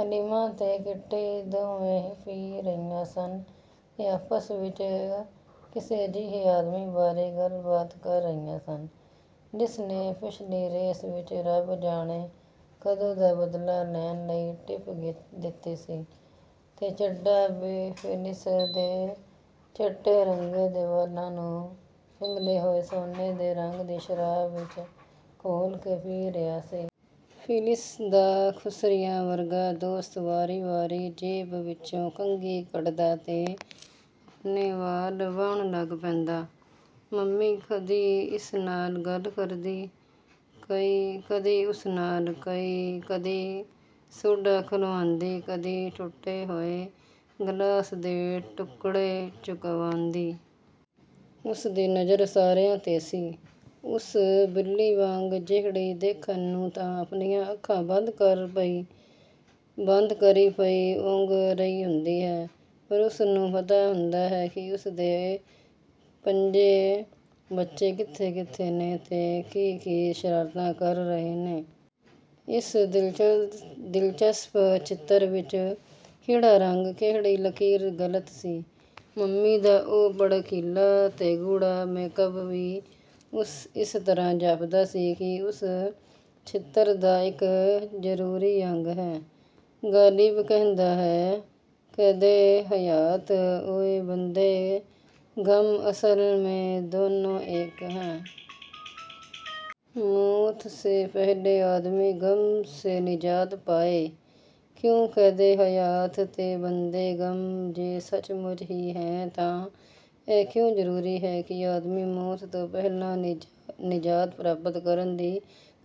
ਐਲੀਮਾ ਤੇ ਕਿਟੀ ਦੋਵੇਂ ਪੀ ਰਹੀਆਂ ਸਨ ਤੇ ਆਪਸ ਵਿਚ ਕਿਸੇ ਅਜਿਹੇ ਆਦਮੀ ਬਾਰੇ ਗੱਲਬਾਤ ਕਰ ਰਹੀਆਂ ਸਨ, ਜਿਸਨੇ ਪਿੱਛਲੀ ਰੇਸ ਵਿਚ ਰੱਬ ਜਾਣੇ ਕਦੋਂ ਦਾ ਬਦਲਾ ਲੈਣ ਲਈ ਟਿੱਪ ਦਿੱਤੀ ਸੀ। ਤੇ ਚੱਡਾ ਫਿਲਿਸ ਦੇ ਚਿਟੇ ਰੰਗੇ ਦੇ ਵਾਲਾਂ ਨੂੰ ਪਿਘਲੇ ਹੋਏ ਸੋਨੇ ਦੇ ਰੰਗ ਦੀ ਸ਼ਰਾਬ ਵਿਚ ਘੋਲ ਕੇ ਪੀ ਰਿਹਾ ਸੀ। ਫਿਲਿਸ ਦਾ ਖੁਸਰਿਆਂ ਵਰਗਾ ਦੋਸਤ ਵਾਰੀ-ਵਾਰੀ ਜੇਬ ਵਿਚੋਂ ਕੰਘੀ ਕੱਢਦਾ ਤੇ ਆਪਣੇ ਵਾਲ ਵਾਹੁਣ ਲੱਗ ਪੈਂਦਾ। ਮੰਮੀ ਕਦੀ ਇਸ ਨਾਲ ਗੱਲ ਕਰਦੀ, ਕਦੀ ਉਸ ਨਾਲ; ਕਦੀ ਸੋਢਾ ਖੁਲਵਾਉਂਦੀ, ਕਦੀ ਟੁੱਟੇ ਹੋਏ ਗਲਾਸ ਦੇ ਟੁਕੜੇ ਚੁਕਵਾਉਂਦੀ। ਉਸਦੀ ਨਜ਼ਰ ਸਾਰਿਆਂ 'ਤੇ ਸੀ, ਉਸ ਬਿੱਲੀ ਵਾਂਗ, ਜਿਹੜੀ ਦੇਖਣ ਨੂੰ ਤਾਂ ਆਪਣੀਆਂ ਅੱਖਾਂ ਬੰਦ ਕਰੀ ਪਈ ਊਂਘ ਰਹੀ ਹੁੰਦੀ ਹੈ, ਪਰ ਉਸਨੂੰ ਪਤਾ ਹੁੰਦਾ ਹੈ ਕਿ ਉਸਦੇ ਪੰਜੇ ਬੱਚੇ ਕਿੱਥੇ-ਕਿੱਥੇ ਨੇ ਤੇ ਕੀ-ਕੀ ਸ਼ਰਾਰਤਾਂ ਕਰ ਰਹੇ ਨੇ। ਇਸ ਦਿਲਚਸਪ ਚਿੱਤਰ ਵਿਚ ਕਿਹੜਾ ਰੰਗ, ਕਿਹੜੀ ਲਕੀਰ ਗ਼ਲਤ ਸੀ? ਮੰਮੀ ਦਾ ਉਹ ਭੜਕੀਲਾ ਤੇ ਗੂੜ੍ਹਾ ਮੇਕਅੱਪ ਵੀ ਇਸ ਤਰ੍ਹਾਂ ਜਾਪਦਾ ਸੀ ਕਿ ਉਸ ਚਿੱਤਰ ਦਾ ਇਕ ਜ਼ਰੂਰੀ ਅੰਗ ਹੈ। ਗ਼ਲਿਬ ਕਹਿੰਦਾ ਹੈ:- 'ਕੈਦੇ-ਹਯਾਤ-ਓ-ਬੰਦੇ ਗ਼ਮ, ਅਸਲ ਮੇਂ ਦੋਨੋਂ ਏਕ ਹੈਂ। ਮੌਤ ਸੇ ਪਹਿਲੇ ਆਦਮੀ ਗ਼ਮ ਸੇ ਨਿਜਾਤ ਪਾਏ ਕਿਉਂ? ' ਕੈਦੇ-ਹਯਾਤ ਤੇ ਬੰਦੇ-ਗ਼ਮ ਜੇ ਸੱਚਮੁੱਚ ਹੀ ਹੈ ਤਾਂ ਇਹ ਕਿਉਂ ਜ਼ਰੂਰੀ ਹੈ ਕਿ ਆਦਮੀ ਮੌਤ ਤੋਂ ਪਹਿਲਾਂ ਨਿਜਾਤ ਪ੍ਰਾਪਤ ਕਰਨ ਦੀ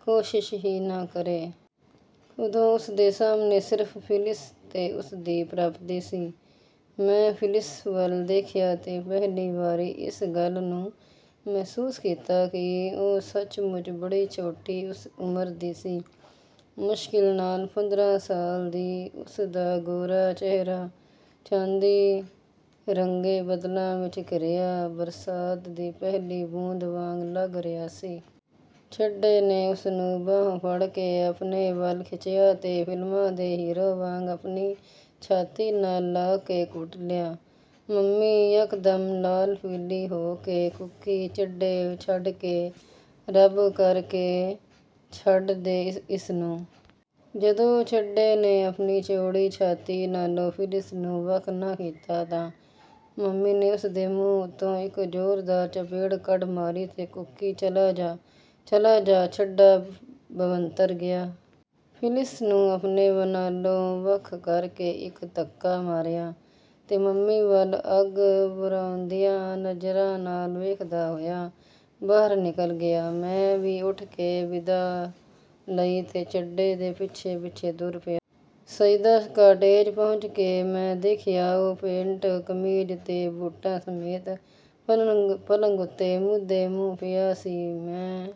ਕੋਸ਼ਿਸ਼ ਹੀ ਨਾ ਕਰੇ? ਉਦੋਂ ਉਸਦੇ ਸਾਹਮਣੇ ਸਿਰਫ ਫਿਲਿਸ ਤੇ ਉਸਦੀ ਪ੍ਰਾਪਤੀ ਸੀ। ਮੈਂ ਫਿਲਿਸ ਵੱਲ ਦੇਖਿਆ ਤੇ ਪਹਿਲੀ ਵਾਰੀ ਇਸ ਗੱਲ ਨੂੰ ਮਹਿਸੂਸ ਕੀਤਾ ਕਿ ਉਹ ਸੱਚਮੁੱਚ ਬੜੀ ਛੋਟੀ ਉਮਰ ਦੀ ਸੀ, ਮੁਸ਼ਕਿਲ ਨਾਲ ਪੰਦਰਾਂ ਸਾਲ ਦੀ, ਉਸਦਾ ਗੋਰਾ ਚਿਹਰਾ, ਚਾਂਦੀ ਰੰਗੇ ਬੱਦਲਾਂ ਵਿਚ ਘਿਰਿਆ, ਬਰਸਾਤ ਦੀ ਪਹਿਲੀ ਬੂੰਦ ਵਾਂਗ ਲਗ ਰਿਹਾ ਸੀ। ਚੱਡੇ ਨੇ ਉਸਨੂੰ ਬਾਹੋਂ ਫੜ੍ਹ ਕੇ ਆਪਣੇ ਵੱਲ ਖਿੱਚਿਆ ਤੇ ਫ਼ਿਲਮਾਂ ਦੇ ਹੀਰੋ ਵਾਂਗ ਆਪਣੀ ਛਾਤੀ ਨਾਲ ਲਾ ਕੇ ਘੁੱਟ ਲਿਆ। ਮੰਮੀ ਯਕਦਮ ਲਾਲ-ਪੀਲੀ ਹੋ ਕੇ ਕੂਕੀ, "ਚੱਡੇ ਛੱਡ ਦੇ ਰਬ ਕਰਕੇ ਛੱਡ ਦੇ ਇਸਨੂੰ! " ਜਦੋਂ ਚੱਡੇ ਨੇ ਆਪਣੀ ਚੌੜੀ ਛਾਤੀ ਨਾਲੋਂ ਫਿਲਿਸ ਨੂੰ ਵੱਖ ਨਾ ਕੀਤਾ ਤਾਂ ਮੰਮੀ ਨੇ ਉਸਦੇ ਮੂੰਹ ਉੱਤੇ ਇਕ ਜ਼ੋਰਦਾਰ ਚਪੇੜ ਕੱਢ ਮਾਰੀ ਤੇ ਕੂਕੀ, "ਚਲਾ ਜਾ, ਚਲਾ ਜਾ" ਚੱਡਾ ਭਵੰਤਰ ਗਿਆ। ਫਿਲਿਸ ਨੂੰ ਆਪਣੇ ਨਾਲੋਂ ਵੱਖ ਕਰਕੇ ਇਕ ਧੱਕਾ ਮਾਰਿਆ ਤੇ ਮੰਮੀ ਵੱਲ ਅੱਗ ਵਰ੍ਹਾਂਦੀਆਂ ਨਜ਼ਰਾਂ ਨਾਲ ਵੇਖਦਾ ਹੋਇਆ ਬਾਹਰ ਨਿਕਲ ਗਿਆ। ਮੈਂ ਵੀ ਉਠ ਕੇ ਵਿਦਾਅ ਲਈ ਤੇ ਚੱਡੇ ਦੇ ਪਿੱਛੇ-ਪਿੱਛੇ ਤੁਰ ਪਿਆ। ਸਈਦਾ ਕਾਟੇਜ ਪਹੁੰਚ ਕੇ ਮੈਂ ਦੇਖਿਆ ਉਹ ਪੈਂਟ, ਕਮੀਜ਼ ਤੇ ਬੂਟਾਂ ਸਮੇਤ, ਪਲੰਘ ਉੱਤੇ, ਮੂਧੇ- ਮੁੰਹ ਪਿਆ ਸੀ। ਮੈਂ